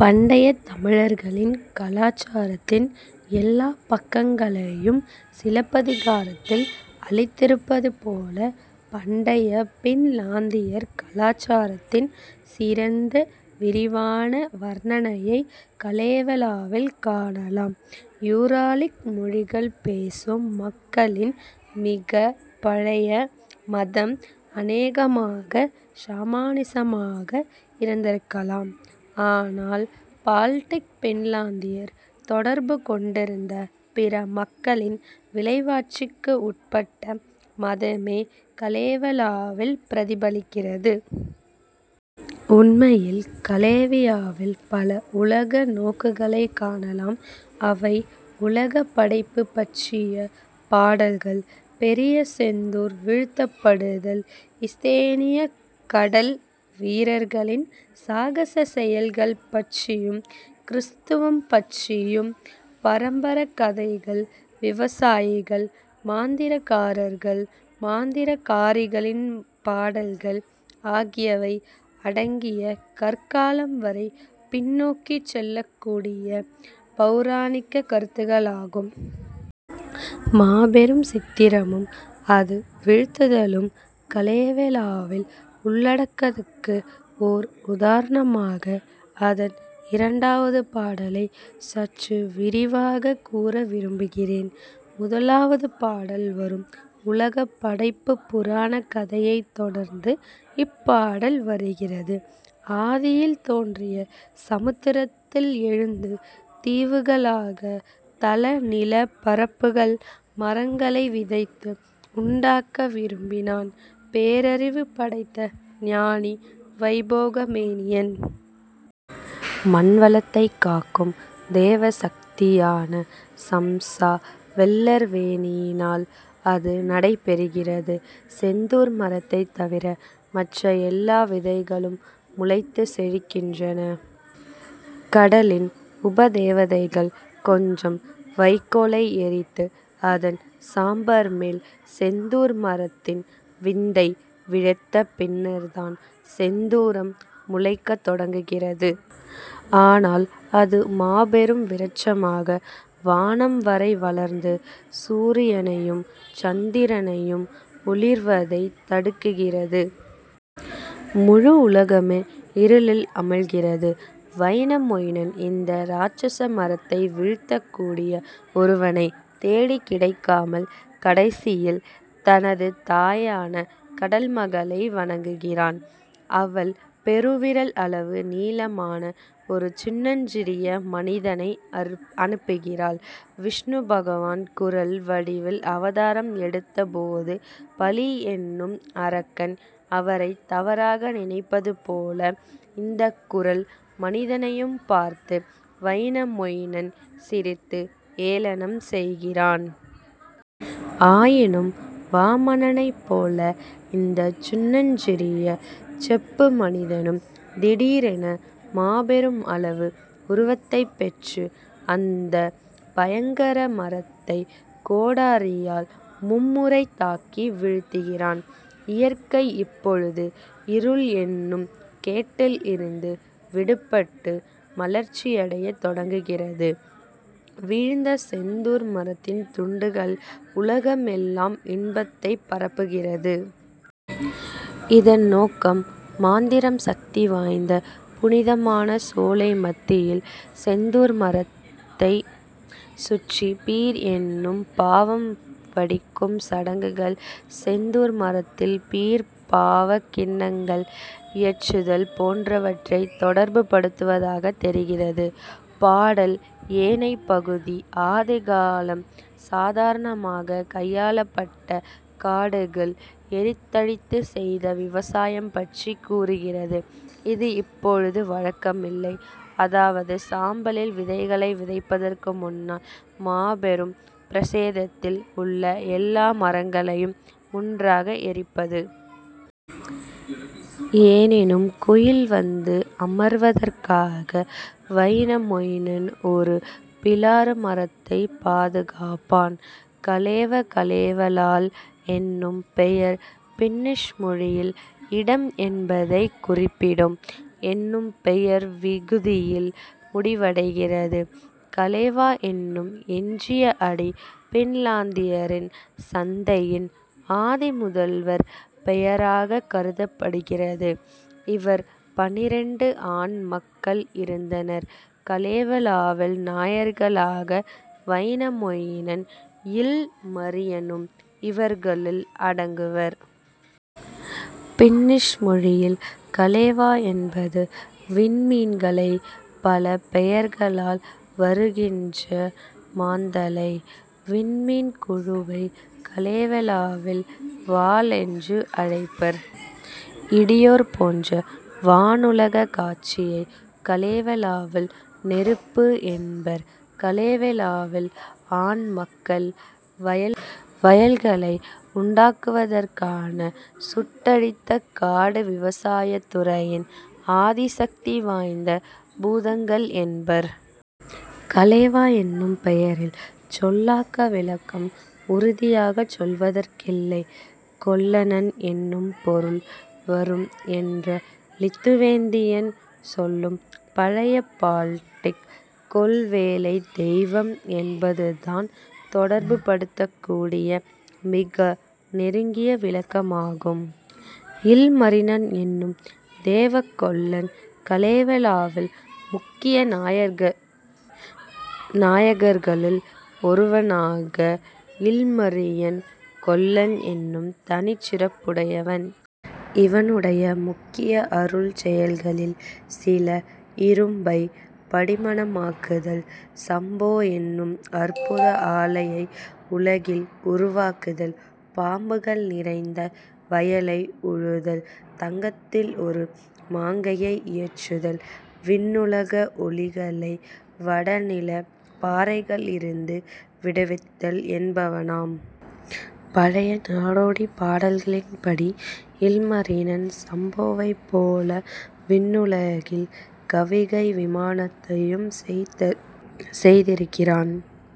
பண்டைய தமிழரின் கலாசாரத்தின் எல்லாப் பக்கங்களையும் சிலப்பதிகாரத்தில் அளித்திருப்பது போல பண்டைய பின்லாந்தியரின் கலாசாரத்தின் சிறந்த விரிவான வர்ணனையைக் கலேவலாவில் காணலாம். யூராலிக் மொழிகள் பேசும் மக்களின் மிகப் பழைய மதம் அனேகமாக ஷமானிசம் ஆக இருந்திருக்கலாம் ஆனால் பால்டிக் பின்லாந்தியர் தொடர்பு கொண்டிருந்த பிற மக்களின் விளைவாட்சிக்கு உட்பட்ட மதமே கலேவலாவில் பிரதிபலிக்கிறது. உண்மையில் கலேவலாவில் பல உலக நோக்குகளைக் காணலாம் அவை உலகப் படைப்புப் பற்றிய பாடல்கள் பெரிய சிந்தூரம் வீழ்த்தப் படுதல் ஸ்கன்டினேவியக் கடல்வீரர்களின் சாகசச் செயல்கள் பற்றியும் கிறிஸ்துவம் பற்றியும் பரம்பரைக் கதைகள் விவசாயிகள் மந்திரக்காரர்கள் மந்திரக்காரிகளின் பாடல்கள் ஆகியவை அடங்கிய கற்காலம் வரை பின்நோக்கிச் செல்லக்கூடிய பெளராணிகக் கருத்துகளாகும். மாபெரும் சிந்தூரமும் அது வீழ்தலும் கலேவலாவின் உள்ளடக்கத்துக்கு ஓர் உதாரணமாக அதன் இரண்டாவது பாடலைச் சற்று விரிவாகக் கூற விரும்புகிறேன் முதலாவது பாடலில் வரும் உலகம் படைக்கப்பட்ட புராணக் கதையைத் தொடர்ந்து இப்பாடல் வருகிறது. ஆதியில் தோன்றிய சமுத்திரத்தில் எழுந்த தீவுகளிலும் தலைநிலப் பரப்பிலும் மரங்களை விதைத்து உண்டாக்க விரும்புகிறான் பேரறிவு படைத்த ஞானியான வைனாமொயினன். மண்வளத்தைக் காக்கும் தேவசக்தியான சம்ஸா பெல்லர்வொயினனால் இது நடைபெறுகிறது. சிந்தூர மரத்தைத் தவிர மற்ற எல்லா விதைகளும் முளைத்துச் செழிக்கின்றன. கடலின் உபதேவதைகள் கொஞ்ச வைக்கோலை எரித்து அதன் சாம்பர்மேல் சிந்தூர மரத்தின் வித்து விழுந்த பின்னர் தான் சிந்தூரம் முளைக்கத் தொடங்குகிறது. ஆனால் அது ஒரு மாபெரும் விருட்சமாக வானம் வரை வளர்ந்து சூரியனும் சந்திரனும் ஒளிர்வதைத் தடுக்கிறது. முழு உலகமே இருளில் அமிழ்கிறது. வைனாமொயினன் இந்த இராட்சச மரத்தை வீழ்த்தக் கூடிய ஒருவனைத் தேடிக் கிடைக்காமல் கடைசியில் தனது தாயான கடல்மகளை வணங்குகிறான். அவள் பெருவிரல் அளவு நீளமான ஒரு சின்னஞ்சிறிய மனிதனை அனுப்புகிறாள் விஷ்ணு பகவான் குறள் வடிவில் அவதாரம் எடுத்த போது பலி என்னும் அரக்கன் அவரைத் தவறாக நினைத்ததைபோல இந்தக் குறள் மனிதனையும் பார்த்து வைனாமொயினன் சிரித்து ஏளனம் செய்கிறான். ஆயினும் வாமனனைப் போல இந்தச் சின்னஞ்சிறிய செப்பு மனிதனும் திடீரென மாபெரும் அளவு உருவத்தைப் பெற்று அந்தப் பயங்கர மரத்தைக் கோடாரியால் மும்முறை தாக்கி வீழ்த்துகிறான். இயற்கை இப்பொழுது இருள் என்னும் கேட்டிலிருந்து விடுபட்டு மலர்ச்சியடையத் தொடங்குகிறது. வீழ்ந்த சிந்தூர மரத்தின் துண்டுகள் உலகெல்லாம் இன்பத்தைப் பரப்புகிறது. இதன் நோக்கம் மந்திர சக்தி வாய்ந்த புனிதமான சோலை மத்தியில் சிந்தூரத்தைச் சுற்றி பீர் என்னும் பானம் வடிக்கும் சடங்குகள் சிந்தூர மரத்தில் பீர் பானக் கிண்ணங்கள் இயற்றுதல் போன்றவற்றைத் தொடர்புபடுத்துவதாகத் தெரிகிறது. பாடலின் ஏனைய பகுதி ஆதிகாலத்தில் சாதாரணமாகக் கையாளப்பட்ட காடுகளை எரித்தழித்துச் செய்த விவசாயம் பற்றிக் கூறுகிறது இது இப்பொழுது வழக்கிலில்லை அதாவது சாம்பலில் விதைகளை விதைப்பதற்கு முன்னால் பெரும் பிரதேசத்தில் உள்ள எல்லா மரங்களையும் முற்றாக எரிப்பது. எனினும் குயில் வந்து அமர்வதற்காக வைனாமொயினன் ஒரு மிலாறு மரத்தைப் பாதுகாப்பான். கலேவா கலேவலா என்னும் பெயர் பின்னிஷ் மொழியில் இடம் என்பதைக் குறிப்பிடும் என்னும் பெயர் விகுதியில் முடிவடைகிறது. கலேவா என்னும் எஞ்சிய அடி பின்லாந்தியரின் சந்ததியின் ஆதிமுதல்வரின் பெயராகக் கருதப்படுகிறது. இவருக்கு பன்னிரண்டு ஆண் மக்கள் இருந்தனர் கலேவலாவின் நாயகர்களான வைனாமொயினனும் இல்மரினனும் இவர்களில் அடங்குவர். பின்னிஷ் மொழியில் கலேவா என்பது விண்மீன்களின் பல பெயர்களாக வருகிறது மான்தலை விண்மீன்குழுவை கலேவாவின் வாள் என்று அழைப்பர். இடியேறு போன்ற வானுலகக் காட்சியை கலேவலாவின் நெருப்பு என்பர். கலேவாவின் ஆண் மக்களை வயல்களை உண்டாக்குவதற்காக சுட்டழித்த காட்டு விவசாயத்துறையின் அதிசக்தி வாய்ந்த பூதங்கள் என்பர். கலேவா என்னும் பெயரின் சொல்லாக்க விளக்கம் உறுதியாக சொல்வதற்கில்லை. கொல்லன் என்னும் பொருள் வரும் என்ற லித்துவேனியன் சொல்லும் பழைய பால்டிக் கொல்வேலைத் தெய்வம் என்பதும் தான் தொடர்புபடுத்தக்கூடிய மிக நெருங்கிய விளக்கமாகும். இல்மரினன் என்னும் தேவ கொல்லன் கலேவலாவின் முக்கிய நாயகர்களில் ஒருவனான இல்மரினன் கொல்லன் என்னும் தனிச் சிறப்புடையவன். இவனுடைய முக்கிய அருஞ்செயல்களில் சில இரும்பைப் படிமானமாக்குதல் சம்போ என்னும் அற்புத ஆலையை உலையில் உருவாக்குதல் பாம்புகள் நிறைந்த வயலை உழுதல் தங்கத்தில் ஒரு மங்கையை இயற்றுதல் விண்ணுலக ஒளிகளை வடநிலப் பாறைகளிலிருந்து விடுவித்தல் என்பனவாம். பழைய நாடோடிப் பாடல்களின்படி இல்மரினன் சம்போவைப் போலவே விண்ணுலகின் கவிகை விமானத்தையும் செய்திருக்கிறான்.